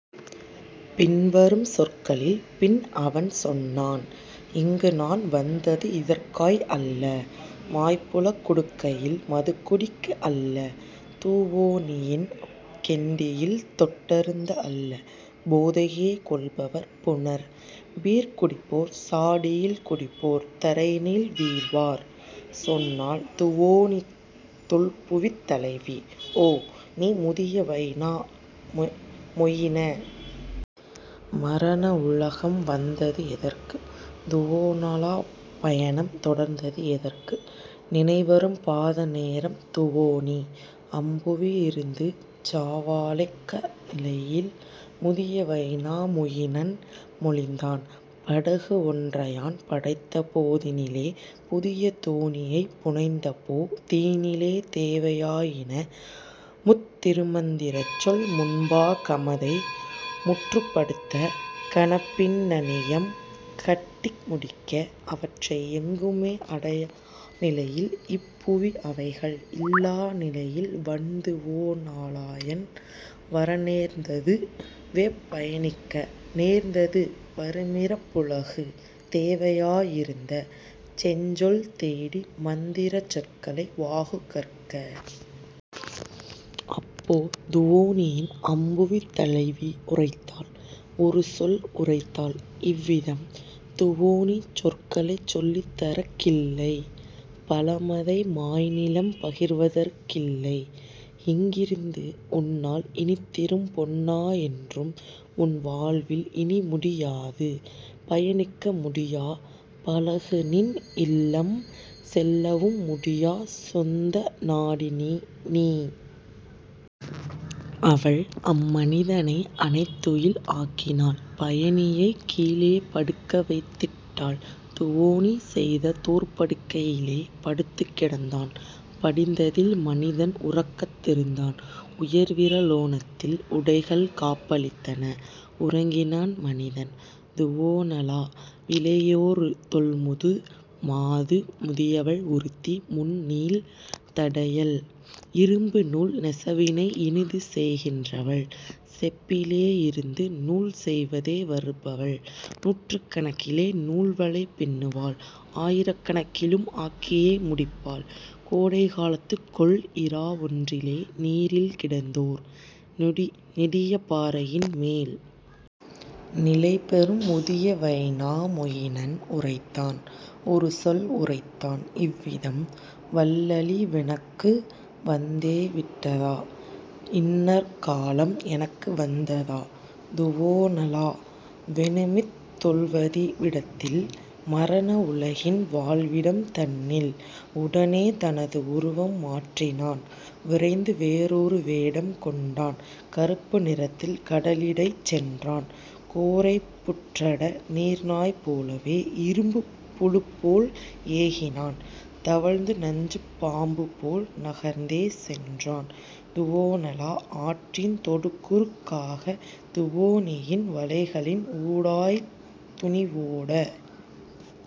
பின்வரும் சொற்களில் பின்அவன் சொன்னான்: "இங்குநான் வந்தது இதற்காய் அல்ல மாய்புலக் குடுக்கையில் மதுக்குடிக் அல்ல துவோனியின் கெண்டியில் தொட்டருந் அல்ல போதையே கொள்பவர் புணர்'பீர்' குடிப்போர் சாடியில் குடிப்போர் தரையினில் வீழ்வார். " சொன்னாள் துவோனித் தொல்புவித் தலைவி: "ஓ, நீ முதிய வைனா மொயின! மரண உலகம் வந்தது எதற்கு? துவோனலாப் பயணம் தொடர்ந்தது எதற்கு? நினைவரும் பாத நேரம் துவோனி? அம்புவி யிருந்துசா வழைக்கா நிலையில்? " முதிய வைனா மொயினன் மொழிந்தான்: "படகு ஒன்றையான் படைத்தபோ தினிலே புதிய தோணியைப் புனைந்தபோ தினிலே தேவை யாயினமுத் திருமந் திரச்சொல் முன்பா கமதை முற்றுப் படுத்த கனப்பின் னணியம் கட்டி முடிக்க; அவற்றை எங்குமே அடையா நிலையில் இப்புவி அவைகள் இல்லா நிலையில் வன்துவோ னலாயான் வரநேர்ந் ததுவே பயணிக்க நேர்ந்தது பருமிறப் புலகு தேவையா யிருந்த செஞ்சொல் தேடி மந்திரச் சொற்களை வாகுறக் கற்க. " அப்போ துவோனியின் அம்புவித் தலைவி உரைத்தாள் ஒருசொல் உரைத்தாள் இவ்விதம்: "துவோனி சொற்களைச் சொலித்தரற் கில்லை பலமதை மாய்நிலம் பகிர்வதற் கில்லை இங்கிருந்து உன்னால் இனித்திரும் பொண்ணா என்றும்உன் வாழ்வில் இனிமுடி யாது பயணிக்க முடியா பழகுநின் இல்லம் செல்லவும் முடியா சொந்தநா டினிநீ. " அவள்அம் மனிதனை அணைதுயில் ஆக்கினாள் பயணியைக் கீழே படுக்கவைத் திட்டாள் துவோனி செய்த தோற்படுக் கையிலே; படுத்துக் கிடந்தான் படிந்ததில் மனிதன் உறக்கத் திருந்தான் உயர்விற லோனதில் உடைகள்காப் பளித்தன உறங்கினன் மனிதன். துவோனலா விலேயொரு தொல்முது மாது முதியவள் ஒருத்தி முன்நீள் தாடையள் இரும்புநூல் நெசவினை இனிதுசெய் கின்றவள் செப்பிலே யிருந்துநூல் செய்வதே வருபவள் நூற்றுக் கணக்கிலே நூல்வலை பின்னுவாள் ஆயிரக் கணக்கிலும் ஆக்கியே முடிப்பாள் கோடைகா லத்துகொள்இரா ஒன்றிலே நீரில் கிடந்ததோர் நெடியபா றையின்மேல். நிலைபெறும் முதிய வைனா மொயினன் உரைத்தான் ஒருசொல் உரைத்தான் இவ்விதம்: "வல்லழி வெனக்கு வந்தே விட்டதா? இன்னற் காலம் எனக்கு வந்ததா? துவோனலா வெனுமித் தொல்வதி விடத்தில்? மரண உலகின் வாழ்விடம் தன்னில்? " உடனே தனது உருவம் மாற்றினான் விரைந்து வேறொரு வேடம் கொண்டனன் கறுப்பு நிறத்தில் கடலிடைச் சென்றான் கோரைப் புற்றட நீர்நாய் போலவே இரும்புப் புழுப்போல் ஏகினான் தவழ்ந்து நஞ்சுப் பாம்புபோல் நகர்ந்தே சென்றான் துவோனலா ஆற்றின் தொடுகுறுக் காக துவோனியின் வலைகளின் ஊடாய்த் துணிவொடே.